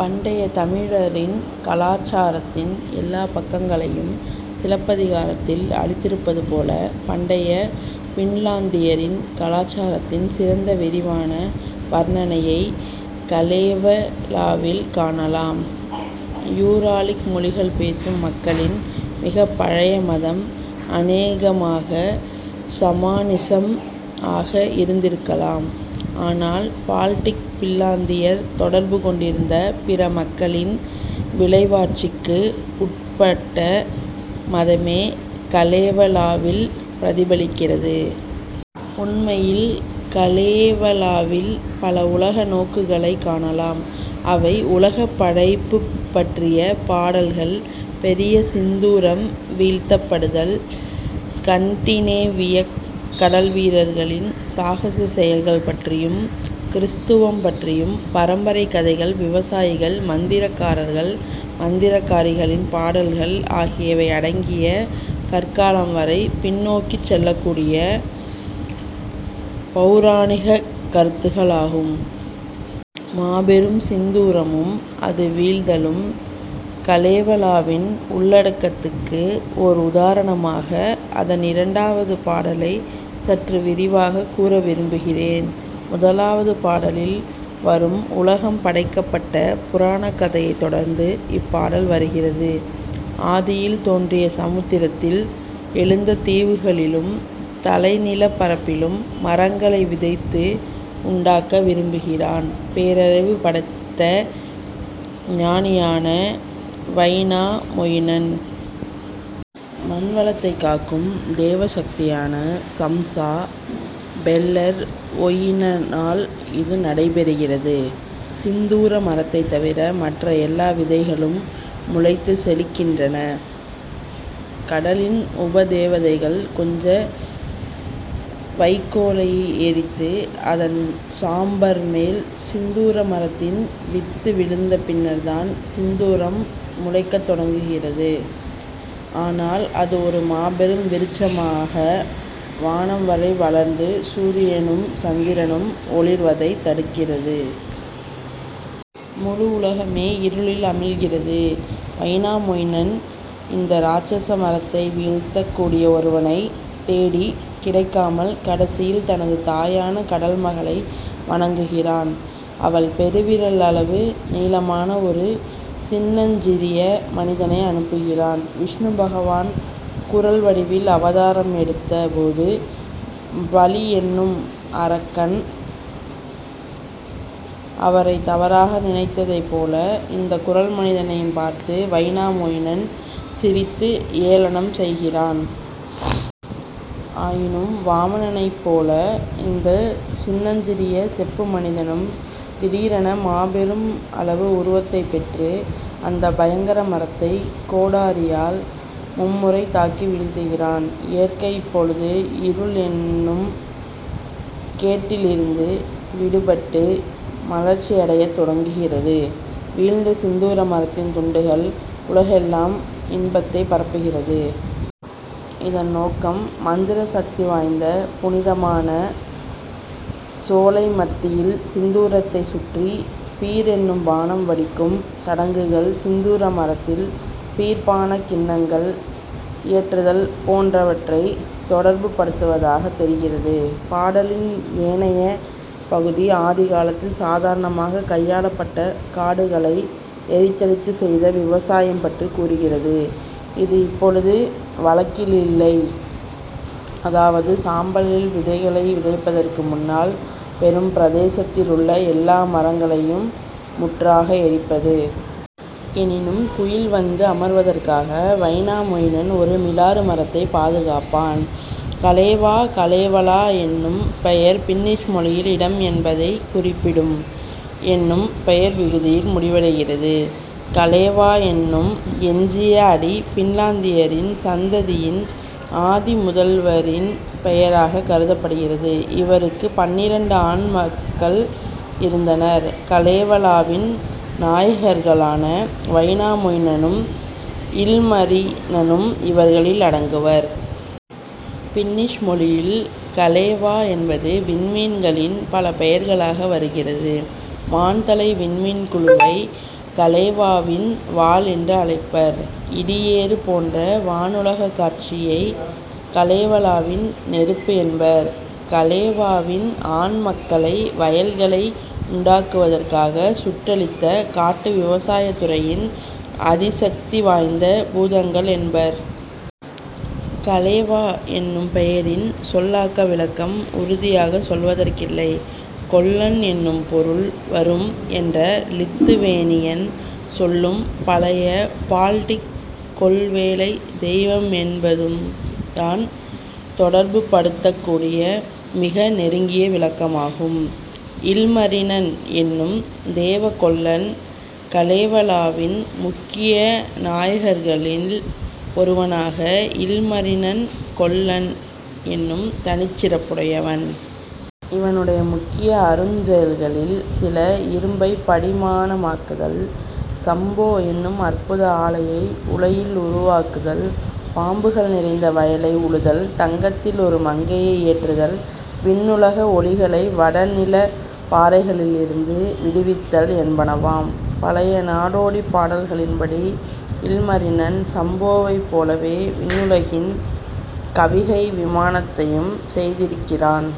பண்டைய தமிழரின் கலாசாரத்தின் எல்லாப் பக்கங்களையும் சிலப்பதிகாரத்தில் அளித்திருப்பது போல பண்டைய பின்லாந்தியரின் கலாசாரத்தின் சிறந்த விரிவான வர்ணனையைக் கலேவலாவில் காணலாம். யூராலிக் மொழிகள் பேசும் மக்களின் மிகப் பழைய மதம் அனேகமாக ஷமானிசம் ஆக இருந்திருக்கலாம் ஆனால் பால்டிக் பின்லாந்தியர் தொடர்பு கொண்டிருந்த பிற மக்களின் விளைவாட்சிக்கு உட்பட்ட மதமே கலேவலாவில் பிரதிபலிக்கிறது. உண்மையில் கலேவலாவில் பல உலக நோக்குகளைக் காணலாம் அவை உலகப் படைப்புப் பற்றிய பாடல்கள் பெரிய சிந்தூரம் வீழ்த்தப் படுதல் ஸ்கன்டினேவியக் கடல்வீரர்களின் சாகசச் செயல்கள் பற்றியும் கிறிஸ்துவம் பற்றியும் பரம்பரைக் கதைகள் விவசாயிகள் மந்திரக்காரர்கள் மந்திரக்காரிகளின் பாடல்கள் ஆகியவை அடங்கிய கற்காலம் வரை பின்நோக்கிச் செல்லக்கூடிய பெளராணிகக் கருத்துகளாகும். மாபெரும் சிந்தூரமும் அது வீழ்தலும் கலேவலாவின் உள்ளடக்கத்துக்கு ஓர் உதாரணமாக அதன் இரண்டாவது பாடலைச் சற்று விரிவாகக் கூற விரும்புகிறேன் முதலாவது பாடலில் வரும் உலகம் படைக்கப்பட்ட புராணக் கதையைத் தொடர்ந்து இப்பாடல் வருகிறது. ஆதியில் தோன்றிய சமுத்திரத்தில் எழுந்த தீவுகளிலும் தலைநிலப் பரப்பிலும் மரங்களை விதைத்து உண்டாக்க விரும்புகிறான் பேரறிவு படைத்த ஞானியான வைனாமொயினன். மண்வளத்தைக் காக்கும் தேவசக்தியான சம்ஸா பெல்லர்வொயினனால் இது நடைபெறுகிறது. சிந்தூர மரத்தைத் தவிர மற்ற எல்லா விதைகளும் முளைத்துச் செழிக்கின்றன. கடலின் உபதேவதைகள் கொஞ்ச வைக்கோலை எரித்து அதன் சாம்பர்மேல் சிந்தூர மரத்தின் வித்து விழுந்த பின்னர் தான் சிந்தூரம் முளைக்கத் தொடங்குகிறது. ஆனால் அது ஒரு மாபெரும் விருட்சமாக வானம் வரை வளர்ந்து சூரியனும் சந்திரனும் ஒளிர்வதைத் தடுக்கிறது. முழு உலகமே இருளில் அமிழ்கிறது. வைனாமொயினன் இந்த இராட்சச மரத்தை வீழ்த்தக் கூடிய ஒருவனைத் தேடிக் கிடைக்காமல் கடைசியில் தனது தாயான கடல்மகளை வணங்குகிறான். அவள் பெருவிரல் அளவு நீளமான ஒரு சின்னஞ்சிறிய மனிதனை அனுப்புகிறாள் விஷ்ணு பகவான் குறள் வடிவில் அவதாரம் எடுத்த போது பலி என்னும் அரக்கன் அவரைத் தவறாக நினைத்ததைபோல இந்தக் குறள் மனிதனையும் பார்த்து வைனாமொயினன் சிரித்து ஏளனம் செய்கிறான். ஆயினும் வாமனனைப் போல இந்தச் சின்னஞ்சிறிய செப்பு மனிதனும் திடீரென மாபெரும் அளவு உருவத்தைப் பெற்று அந்தப் பயங்கர மரத்தைக் கோடாரியால் மும்முறை தாக்கி வீழ்த்துகிறான். இயற்கை இப்பொழுது இருள் என்னும் கேட்டிலிருந்து விடுபட்டு மலர்ச்சியடையத் தொடங்குகிறது. வீழ்ந்த சிந்தூர மரத்தின் துண்டுகள் உலகெல்லாம் இன்பத்தைப் பரப்புகிறது. இதன் நோக்கம் மந்திர சக்தி வாய்ந்த புனிதமான சோலை மத்தியில் சிந்தூரத்தைச் சுற்றி பீர் என்னும் பானம் வடிக்கும் சடங்குகள் சிந்தூர மரத்தில் பீர் பானக் கிண்ணங்கள் இயற்றுதல் போன்றவற்றைத் தொடர்புபடுத்துவதாகத் தெரிகிறது. பாடலின் ஏனைய பகுதி ஆதிகாலத்தில் சாதாரணமாகக் கையாளப்பட்ட காடுகளை எரித்தழித்துச் செய்த விவசாயம் பற்றிக் கூறுகிறது இது இப்பொழுது வழக்கிலில்லை அதாவது சாம்பலில் விதைகளை விதைப்பதற்கு முன்னால் பெரும் பிரதேசத்தில் உள்ள எல்லா மரங்களையும் முற்றாக எரிப்பது. எனினும் குயில் வந்து அமர்வதற்காக வைனாமொயினன் ஒரு மிலாறு மரத்தைப் பாதுகாப்பான். கலேவா கலேவலா என்னும் பெயர் பின்னிஷ் மொழியில் இடம் என்பதைக் குறிப்பிடும் என்னும் பெயர் விகுதியில் முடிவடைகிறது. கலேவா என்னும் எஞ்சிய அடி பின்லாந்தியரின் சந்ததியின் ஆதிமுதல்வரின் பெயராகக் கருதப்படுகிறது. இவருக்கு பன்னிரண்டு ஆண் மக்கள் இருந்தனர் கலேவலாவின் நாயகர்களான வைனாமொயினனும் இல்மரினனும் இவர்களில் அடங்குவர். பின்னிஷ் மொழியில் கலேவா என்பது விண்மீன்களின் பல பெயர்களாக வருகிறது மான்தலை விண்மீன்குழுவை கலேவாவின் வாள் என்று அழைப்பர். இடியேறு போன்ற வானுலகக் காட்சியை கலேவலாவின் நெருப்பு என்பர். கலேவாவின் ஆண் மக்களை வயல்களை உண்டாக்குவதற்காக சுட்டழித்த காட்டு விவசாயத்துறையின் அதிசக்தி வாய்ந்த பூதங்கள் என்பர். கலேவா என்னும் பெயரின் சொல்லாக்க விளக்கம் உறுதியாக சொல்வதற்கில்லை. கொல்லன் என்னும் பொருள் வரும் என்ற லித்துவேனியன் சொல்லும் பழைய பால்டிக் கொல்வேலைத் தெய்வம் என்பதும் தான் தொடர்புபடுத்தக்கூடிய மிக நெருங்கிய விளக்கமாகும். இல்மரினன் என்னும் தேவ கொல்லன் கலேவலாவின் முக்கிய நாயகர்களில் ஒருவனான இல்மரினன் கொல்லன் என்னும் தனிச் சிறப்புடையவன். இவனுடைய முக்கிய அருஞ்செயல்களில் சில இரும்பைப் படிமானமாக்குதல் சம்போ என்னும் அற்புத ஆலையை உலையில் உருவாக்குதல் பாம்புகள் நிறைந்த வயலை உழுதல் தங்கத்தில் ஒரு மங்கையை இயற்றுதல் விண்ணுலக ஒளிகளை வடநிலப் பாறைகளிலிருந்து விடுவித்தல் என்பனவாம். பழைய நாடோடிப் பாடல்களின்படி இல்மரினன் சம்போவைப் போலவே விண்ணுலகின் கவிகை விமானத்தையும் செய்திருக்கிறான்.